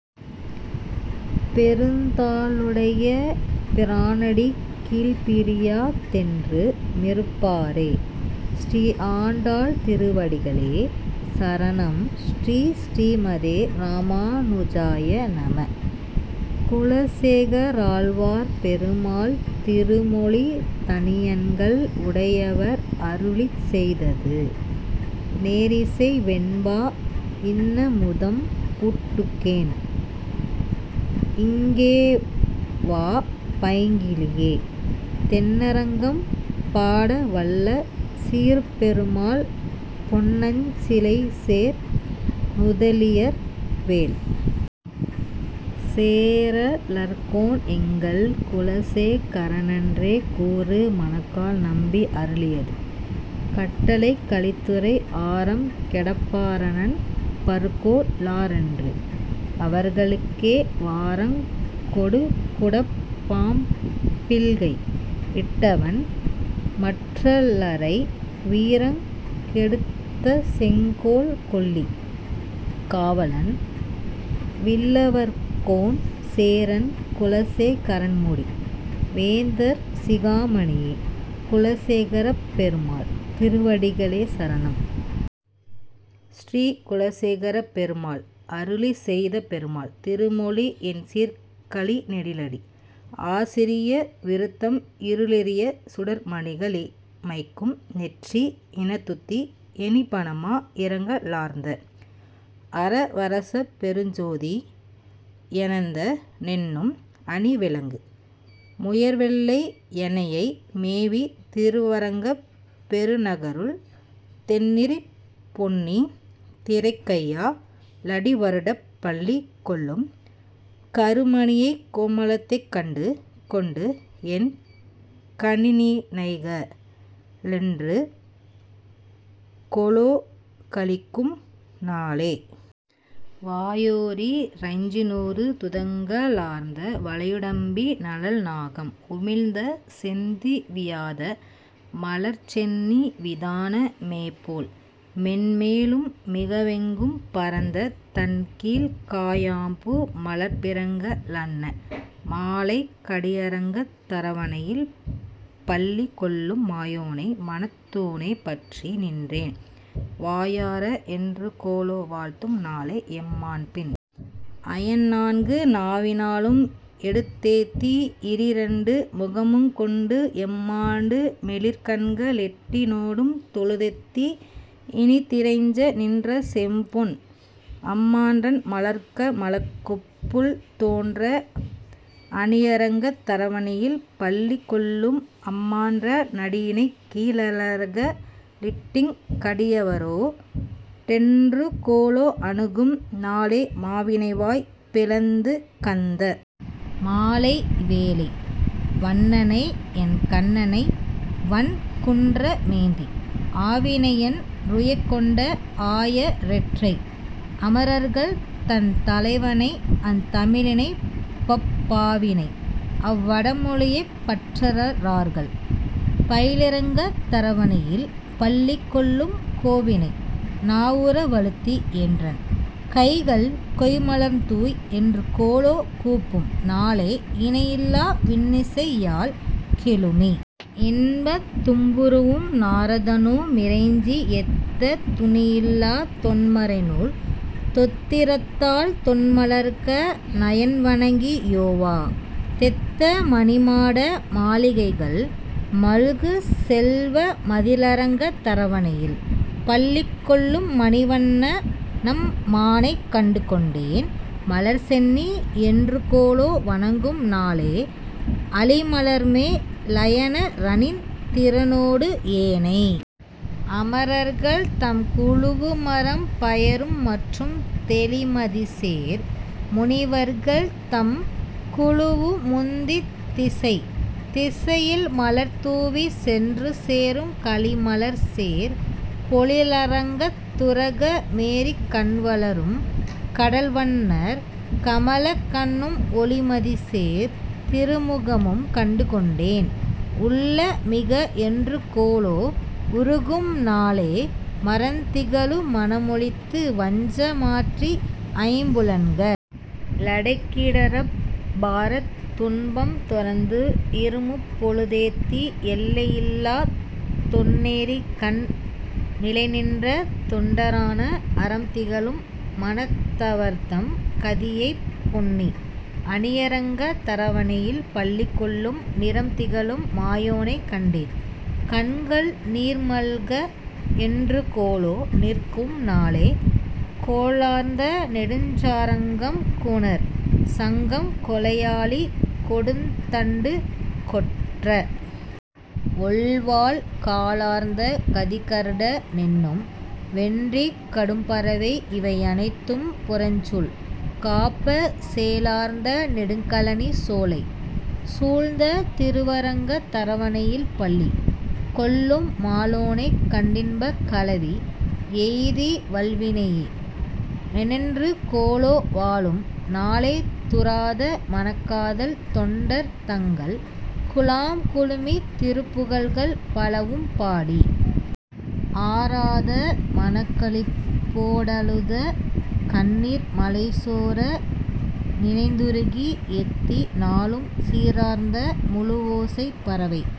பெருந்தா ளுடைய பிரானடிக்கீழ்ப் பிரியா தென்று மிருப்பாரே. ஸ்ரீ ஆண்டாள் திருவடிகளே சரணம் ஸ்ரீ: ஸ்ரீமதே ராமாநுஜாய நம: குலசேகராழ்வார் பெருமாள் திருமொழி தனியன்கள் உடயவர் அருளிச் செய்தது நேரிசை வெண்பா இன்னமுதம் ஊட்டுகேன் இங்கேவா பைங்கிளியே தென்னரங்கம் பாடவல்ல சீர்ப்பெருமாள் பொன்னஞ் சிலைசேர் நுதலியர்வேள் சேரலர்கோன் எங்கள் குலசே கரனென்றே கூறு மணக்கால் நம்பி அருளியது கட்டளைக் கலித்துறை ஆரம் கெடப்பார னன்பர்கொள் ளாரென்று அவர்களுக்கே வாரங் கொடுகுடப் பாம்பில்கை யிட்டவன் மற்றலரை வீரங் கெடுத்தசெங் கோல்கொல்லி காவலன் வில்லவர்கோன் சேரன் குலசே கரன்முடி வேந்தர் சிகாமணியே குலசேகரப்பெருமாள் திருவடிகளே சரணம் ஸ்ரீ: குலசேகரப்பெருமாள் அருளிச்செய்த பெருமாள் திருமொழி எண்சீர்க் கழிநெடிலடி ஆசிரிய விருத்தம் இருளிரியச் சுடர்மணிக ளிமைக்கும் நெற்றி இனத்துத்தி யணிபணமா யிரங்க ளார்ந்த அரவரசப் பெருஞ்சோதி யனந்த னென்னும் அணிவிளங்கு முயர்வெள்ளை யணையை மேவி திருவரங்கப் பெருநகருள் தெண்ணீர்ப் பொன்னி திரைக்கையா லடிவருடப் பள்ளி கொள்ளும் கருமணியைக் கோமளத்தைக் கண்டு கொண்டு என் கண்ணிணைக ளென்றுகொலோ களிக்கும் நாளே. வாயோரீ ரைஞ்நுறு துதங்க ளார்ந்த வளையுடம்பி னழல்நாகம் உமிழ்ந்த செந்தீ வியாத மலர்ச்சென்னி விதான மேபோல் மென்மேலும் மிகவெங்கும் பரந்த தன்கீழ் காயாம்பூ மலர்ப்பிறங்க லன்ன மாலைக் கடியரங்கத் தரவணையில் பள்ளி கொள்ளும் மாயோனை மணத்தூணே பற்றி நின்றென் வாயார என்றுகொலோ வாழ்த்தும் நாளே எம்மாண்பின் அயன்நான்கு நாவி னாலும் எடுத்தேத்தி இரிரண்டு முகமுங் கொண்டு எம்மாடு மெழிற்கண்க ளெட்டி னோடும் தொழுதேத்தி யினிதிறைஞ்ச நின்ற செம்பொன் அம்மான்றன் மலர்க்கமலக் கொப்பூழ் தோன்ற அணியரங்கத் தரவணையில் பள்ளி கொள்ளும் அம்மான்ற னடியிணைக்கீ ழலர்க ளிட்டங் கடியவரோ டென்றுகொலோ அணுகும் நாளே மாவினைவாய் பிளந்துகந்த மாலை வேலை வண்ணணைஎன் கண்ணணைவன் குன்ற மேந்தி ஆவினையன் றுயக்கொண்ட ஆய ரேற்றை அமரர்கள்தந் தலைவனைஅந் தமிழி னின்பப் பாவினைஅவ் வடமொழியைப் பற்றற் றார்கள் பயிலரங்கத் தரவணையில் பள்ளி கொள்ளும் கோவினைநா வுறவழுத்தி என்றன் கைகள் கொய்ம்மலர்தூய் என்றுகொலோ கூப்பும் நாளே இணையில்லா வின்னிசையாழ் கெழுமி யின்பத் தும்புருவும் நாரதனு மிறைஞ்சி யேத்த துணியில்லாத் தொன்மறைநூல் தோத்தி ரத்தால் தொன்மலர்க்க ணயன்வணங்கி யோவா தெத்த மணிமாட மாளிகைகள் மல்கு செல்வ மதிளரங்கத் தரவணையில் பள்ளி கொள்ளும் மணிவண்ண னம்மானைக் கண்டு கொண்டென் மலர்சென்னி யென்றுகொலோ வணங்கும் நாளே அளிமலர்மே லயனரனிந் திரனோடு ஏனை அமரர்கள்தம் குழுவுமரம் பையரும் மற்றும் தெளிமதிசேர் முனிவர்கள்தம் குழுவு முந்தித் திசைதிசையில் மலர்தூவிச் சென்று சேரும் களிமலர்சேர் பொழிலரங்கத் துரக மேறிக் கண்வளரும் கடல்வண்ணர் கமலக் கண்ணும் ஒளிமதிசேர் திருமுகமும் கண்டு கொண்டென் உள்ளமிக என்றுகொலோ வுருகும் நாளே மறந்திகழு மனமொழித்து வஞ்ச மாற்றி ஐம்புலன்க ளடக்கியிடர்ப் பாரத் துன்பம் துறந்து, இருமுப் பொழுதேத்தி யெல்லை யில்லாத் தொன்னெறிக்கண் நிலைநின்ற தொண்டரான அறம்திகழும் மனத்தவர்தம் கதியைப் பொன்னி அணியரங்கத் தரவணையில் பள்ளி கொள்ளும் நிறம்திகழும் மாயோனைக் கண்டென் கண்கள் நீர்மல்க என்றுகொலோ நிற்கும் நாளே கோலார்ந்த நெடுஞ்சார்ங்கம் கூனற் சங்கம் கொலையாழி கொடுந்தண்டு கொற்ற வொள்வாள் காலார்ந்த கதிக்கருட னென்னும் வென்றிக் கடும்பறவை யிவையனைத்தும் புறஞ்சூழ் காப்ப சேலார்ந்த நெடுங்கழனி சோலை சூழ்ந்த திருவரங்க தரவணையில் பள்ளி கொள்ளும் மாலோனைக் கண்டின்பக் கலவி யெய்தி வல்வினையே னென்றுகொலோ வாழும் நாளே தூராத மனக்காதல் தொண்டர் தங்கள் குழாம்குழுமித் திருப்புகழ்கள் பலவும் பாடி ஆராத மனக்களிப்போ டழுத கண்ணீர் மழைசோர நினைந்துருகி யேத்தி நாளும் சீரார்ந்த முழுவோசை பரவை